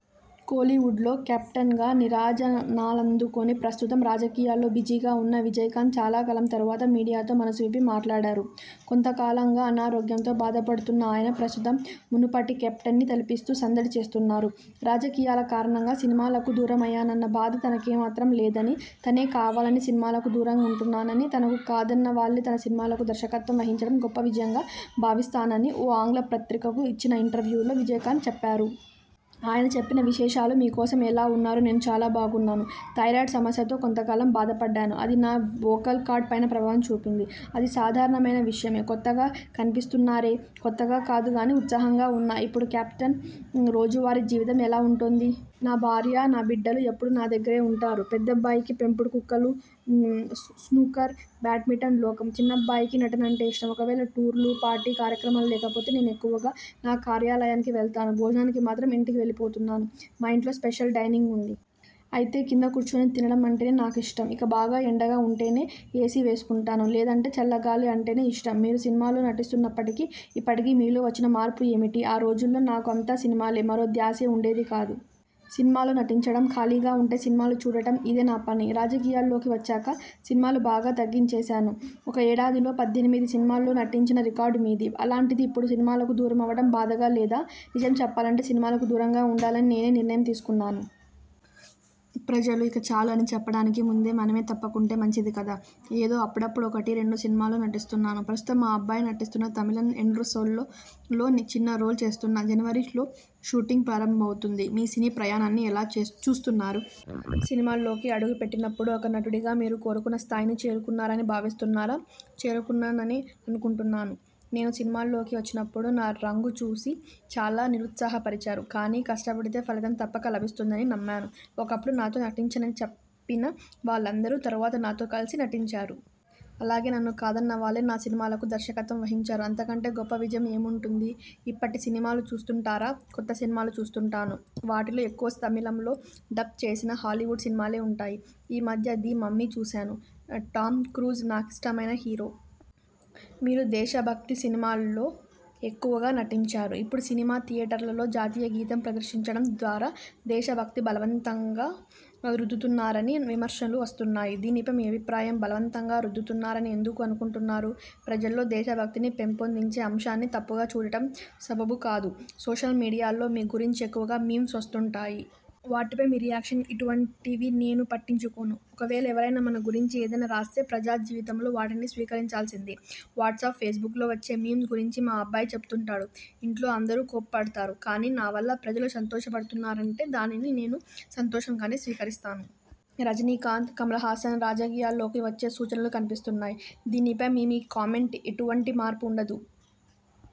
కోలీవుడ్లో కెప్టెన్గా నీరాజనాలందుకుని, ప్రస్తుతం రాజకీయాల్లో బిజీగా ఉన్న విజయకాంత్ చాలాకాలం తరువాత మీడియాతో మనసు విప్పి మాట్లాడారు. కొంతకాలంగా అనారోగ్యంతో బాధపడుతున్న ఆయన ప్రస్తుతం మునుపటి కెప్టెన్ని తలపిస్తూ సందడి చేస్తున్నారు. రాజకీయాల కారణంగా సినిమాలకు దూరమయ్యానన్న బాధ తనకేమాత్రం లేదని, తనే కావాలని సినిమాలకు దూరంగా ఉంటున్నానని, తనను కాదన్నవాళ్ళే తన సినిమాలకు దర్శకత్వం వహించడం గొప్ప విజయంగా భావిస్తానని ఓ ఆంగ్ల పత్రికకి ఇచ్చిన ఇంటర్వ్యూలో విజయకాంత్ చెప్పారు. ఆయన చెప్పిన విశేషాలు మీ కోసం ఎలా ఉన్నారు నేను చాలా బాగున్నాను. థైరాయిడ్ సమస్యతో కొంతకాలం బాధపడ్డాను. అది నా వోకల్ కార్డ్ పైన ప్రభావం చూపింది. అది సాధారణమైన విషయమే. కొత్తగా కనిపిస్తున్నారే. కొత్తగా కాదుగానీ, ఉత్సాహంగా ఉన్నా. ఇప్పుడు కెప్టెన్ రోజువారీ జీవితం ఎలా ఉంటోంది. నా భార్య, నా బిడ్డలు ఎప్పుడూ నా దగ్గరే ఉంటారు. పెద్దబ్బాయికి పెంపుడు కుక్కలు, స్నూకర్, బ్యాడ్మింటన్ లోకం. చిన్నబ్బాయికి నటన అంటే ఇష్టం. ఒకవేళ టూర్లు, పార్టీ కార్యక్రమాలు లేకపోతే నేను ఎక్కువగా నా కార్యాలయానికి వెళ్తాను. భోజనానికి మాత్రం ఇంటికి వెళ్లిపోతున్నాను. మా ఇంట్లో స్పెషల్ డైనింగ్ ఉంది. అయితే కింద కూర్చుని తినడం అంటేనే నాకిష్టం. ఇక బాగా ఎండగా ఉంటేనే ఏసీ వేసుకుంటాను. లేదంటే చల్లగాలి అంటేనే ఇష్టం. మీరు సినిమాల్లో నటిస్తున్నప్పటికీ, ఇప్పటికీ మీలో వచ్చిన మార్పు ఏమిటి ఆ రోజుల్లో నాకు అంతా సినిమాలే. మరో ధ్యాసే ఉండేది కాదు. సినిమాల్లో నటించడం, ఖాళీగా ఉంటే సినిమాలు చూడడం ఇదే నా పని. రాజకీయాల్లోకి వచ్చాక సినిమాలు బాగా తగ్గించేశాను. ఒకే ఏడాదిలో పద్దెనిమిది సినిమాల్లో నటించిన రికార్డు మీది. అలాంటిది ఇప్పుడు సినిమాలకు దూరమవ్వడం బాధగా లేదా నిజం చెప్పాలంటే సినిమాలకు దూరంగా ఉండాలని నేనే నిర్ణయం తీసుకున్నాను. ప్రజలు ఇక చాలు అని చెప్పడానికి ముందే మనమే తప్పుకుంటే మంచిది కదా. ఏదో అప్పుడప్పుడూ ఒకటి, రెండు సినిమాల్లో నటిస్తున్నాను. ప్రస్తుతం మా అబ్బాయి నటిస్తున్న 'తమిళన్ ఎండ్రు సొల్'లో చిన్న రోల్ చేస్తున్నా. జనవరిలో షూటింగ్ ప్రారంభమవుతుంది. మీ సినీప్రయాణాన్ని ఎలా చె చూస్తున్నారు. సినిమాల్లోకి అడుగుపెట్టినప్పుడు ఒక నటుడిగా మీరు కోరుకున్న స్థాయిని చేరుకున్నారని భావిస్తున్నారా చేరుకున్నాననే అనుకుంటున్నాను. నేను సినిమాల్లోకి వచ్చినప్పుడు నా రంగు చూసి చాలా నిరుత్సాహపరిచారు. కానీ, కష్టపడితే ఫలితం తప్పక లభిస్తుందని నమ్మాను. ఒకప్పుడు నాతో నటించనని చెప్పిన వాళ్లందరూ తరువాత నాతో కలిసి నటించారు. అలాగే నన్ను కాదన్నవాళ్లే నా సినిమాలకు దర్శకత్వం వహించారు. అంతకంటే గొప్ప విజయం ఏముంటుంది ఇప్పటి సినిమాలు చూస్తుంటారా కొత్త సినిమాలు చూస్తుంటాను. వాటిలో ఎక్కువ తమిళంలో డబ్ చేసిన హాలీవుడ్ సినిమాలే ఉంటాయి. ఈ మధ్య 'ది మమ్మీ' చూశాను. టామ్ క్రూజ్ నాకిష్టమైన హీరో. మీరు దేశభక్తి సినిమాల్లో ఎక్కువగా నటించారు. ఇప్పుడు సినిమా థియేటర్లలో జాతీయగీతం ప్రదర్శించడం ద్వారా దేశభక్తి బలవంతంగా రుద్దుతున్నారని విమర్శలు వస్తున్నాయి. దీనిపై మీ అభిప్రాయం బలవంతంగా రద్దుతున్నారని ఎందుకు అనుకుంటున్నారు? ప్రజల్లో దేశభక్తిని పెంపొందించే అంశాన్ని తప్పుగా చూడడం సబబు కాదు. సోషల్ మీడియాలో మీ గురించి ఎక్కువగా మీమ్స్ వస్తుంటాయి. వాటిపై మీ రియాక్షన్ ఇటువంటివి నేను పట్టించుకోను. ఒకవేళ ఎవరైనా మన గురించి ఏదైనా రాస్తే ప్రజా జీవితంలో వాటిని స్వీకరించాల్సిందే. వాట్సాప్, ఫేస్బుక్లో వచ్చే మీమ్స్ గురించి మా అబ్బాయి చెబుతుంటాడు. ఇంట్లో అందరూ కోప్పడతారు. కానీ, నావల్ల ప్రజలు సంతోషపడుతున్నారంటే దానిని నేనూ సంతోషంగానే స్వీకరిస్తాను. రజనీకాంత్, కమల్హాసన్ రాజకీయాల్లోకి వచ్చే సూచనలు కన్పిస్తున్నాయి. దీనిపై మీ కామెంట్ఎటువంటి మార్పూ ఉండదు.